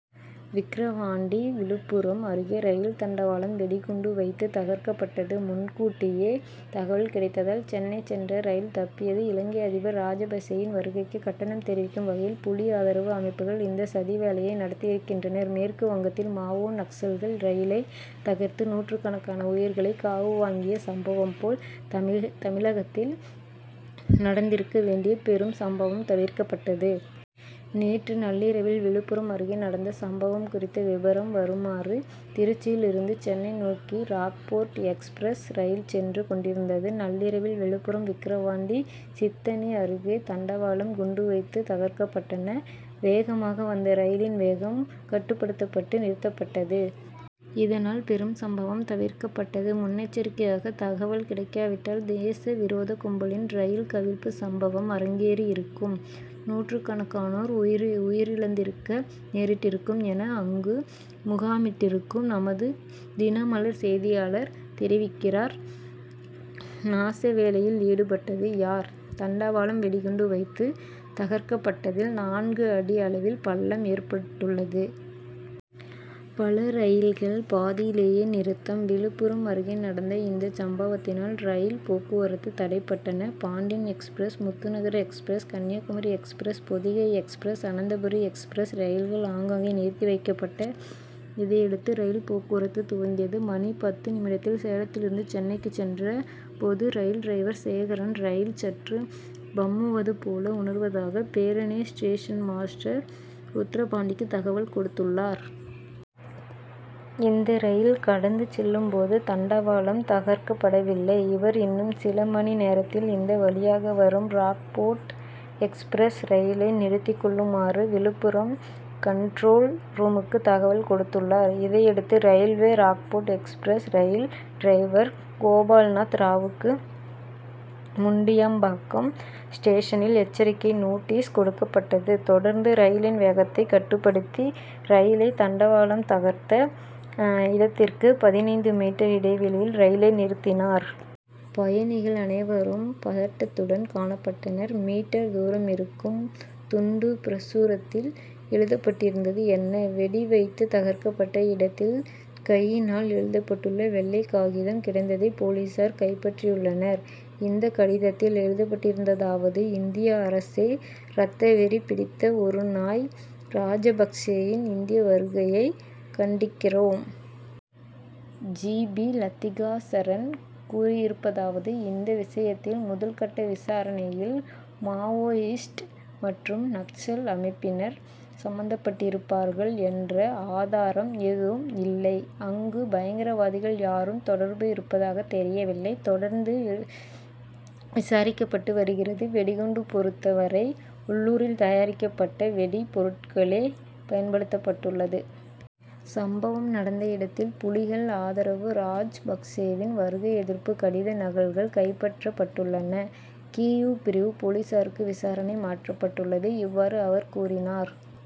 விக்கிரவாண்டி விழுப்புரம் அருகே ரயில் தண்டவாளம் வெடிகுண்டு வைத்து தகர்க்கப்பட்டது. முன்கூட்டியே தகவல் கிடைத்ததால் சென்னை சென்ற ரயில் தப்பியது. இலங்கை அதிபர் ராஜபக்ஷேயின் வருகைக்கு கண்டனம் தெரிவிக்கும் வகையில் புலி ஆதரவு அமைப்புகள் இந்த சதி வேலையை நடத்தியிருக்கின்றனர். மேற்குவங்கத்தில் மாவோ., நக்சல்கள் ரயிலை தகர்த்து நூற்றுக்கணக்கான உயிர்களை காவு வாங்கிய சம்பவம் போல், தமிழகத்தில் நடந்திருக்க வேண்டிய பெரும் சம்பவம் தவிர்க்கப்பட்டது. நேற்று நள்ளிரவில் விழுப்புரம் அருகே நடந்த சம்பவம் குறித்த விவரம் வருமாறு திருச்சியில் இருந்து சென்னை நோக்கி ராக்போர்ட் எக்ஸ்பிரஸ் ரயில் சென்று கொண்டிருந்தது. நள்ளிரவில் விழுப்புரம் விக்கிரவாண்டி சித்தனி அருகே தண்டவாளம் குண்டு வைத்து தகர்க்கப்பட்டன. வேகமாக வந்த ரயிலின் வேகம் கட்டுப்படுத்தப்பட்டு நிறுத்தப்பட்டது. இதனால் பெரும் சம்பவம் தவிர்க்கப்பட்டது. முன்னெச்சரிக்கையாக தகவல் கிடைக்காவிட்டால் தேச விரோத கும்பலின் ரயில் கவிழ்ப்பு சம்பவம் அரங்கேறியிருக்கும். நூற்றுக்கணக்கானோர் உயிரிழந்திருக்க நேரிட்டிருக்கும் என அங்கு முகாமிட்டிருக்கும் நமது தினமலர் செய்தியாளர் தெரிவிக்கிறார். நாசவேலையில் ஈடுபட்டது யார்? தண்டவாளம் வெடிகுண்டு வைத்து தகர்க்கப்பட்டதில் நான்கு அடி அளவில் பள்ளம் ஏற்பட்டுள்ளது. பல ரயில்கள் பாதியிலே நிறுத்தம் விழுப்புரம் அருகே நடந்த இந்த சம்பவத்தினால் ரயில் போக்குவரத்து தடைப்பட்டன. Pandian express, Muthunagar express, Kanyakumari express, Podhigai express, Ananthapuri express ரயில்கள் ஆங்காங்கே நிறுத்தி வைக்கப்பட்ட. இதனையடுத்து ரயில் போக்குவரத்து துவங்கியது. மணி. பத்து நிமிடத்தில் சேலத்தில் இருந்து சென்னைக்கு சென்ற போது ரயில் டிரைவர் சேகரன், ரயில் சற்று பம்முவதுபோல, உணர்வதாக பேரணி ஸ்டேஷன் மாஸ்டர் ருத்ரபாண்டிக்கு தகவல் கொடுத்துள்ளார். இந்த ரயில் கடந்து செல்லும்போது தண்டவாளம் தகர்க்கப்படவில்லை. இவர் இன்னும் சில மணி நேரத்தில் இந்த வழியாக வரும் ராக்போட் எக்ஸ்பிரஸ் ரயிலை நிறுத்திக்கொள்ளுமாறு விழுப்புரம் கன்ட்ரோல் ரூமுக்கு தகவல் கொடுத்துள்ளார். இதனையடுத்து railway Rockfort express rail driver Gopalnath ராவுக்கு முண்டியம்பாக்கம் ஸ்டேஷனில் எச்சரிக்கை நோட்டீஸ் கொடுக்கப்பட்டது தொடர்ந்து ரயிலின் வேகத்தை கட்டுப்படுத்தி ரயிலை தண்டவாளம் தகர்ந்த இடத்திற்கு பதினைந்து மீட்டர் இடைவெளியில் ரயிலை நிறுத்தினார். பயணிகள் அனைவரும பதட்டத்துடன் காணப்பட்டனர். மீட்டர் தூரம் இருக்கும். துண்டு பிரசுரத்தில் எழுதப்பட்டிருந்தது என்ன? வெடி வைத்து தகர்க்கப்பட்ட இடத்தில் கையினால் எழுதப்பட்டுள்ள வெள்ளை காகிதம் கிடந்ததை போலீசார் கைப்பற்றியுள்ளனர், இந்த கடிதத்தில் எழுதப்பட்டிருந்ததாவது இந்திய அரசே ரத்த வெறி பிடித்த ஓநாய் ராஜபக்சேயின் இந்திய வருகையை கண்டிக்கிறோம். ஜி. பி., லத்திகாசரண் கூறியிருப்பதாவது இந்த விஷயத்தில் முதல்கட்ட விசாரணையில், மாவோயிஸ்ட் மற்றும் நக்சல் அமைப்பினர் சம்பந்தப்பட்டிருப்பார்கள் என்ற ஆதாரம் ஏதும் இல்லை. அங்கு பயங்கரவாதிகள் யாரும் தொடர்பு இருப்பதாக தெரியவில்லை, தொடர்ந்து விசாரிக்கப்பட்டு வருகிறது. வெடிகுண்டு பொறுத்த வரை உள்ளூரில் தயாரிக்கப்பட்ட வெடி பொருட்களே பயன்படுத்தப்பட்டுள்ளது. சம்பவம் நடந்த இடத்தில் புலிகள் ஆதரவு ராஜ்பக்சேவின் வருகை எதிர்ப்பு கடித நகல்கள் கைப்பற்றப்பட்டுள்ளன. கியூ பிரிவு போலீசாருக்கு விசாரணை மாற்றப்பட்டுள்ளது இவ்வாறு அவர் கூறினார்.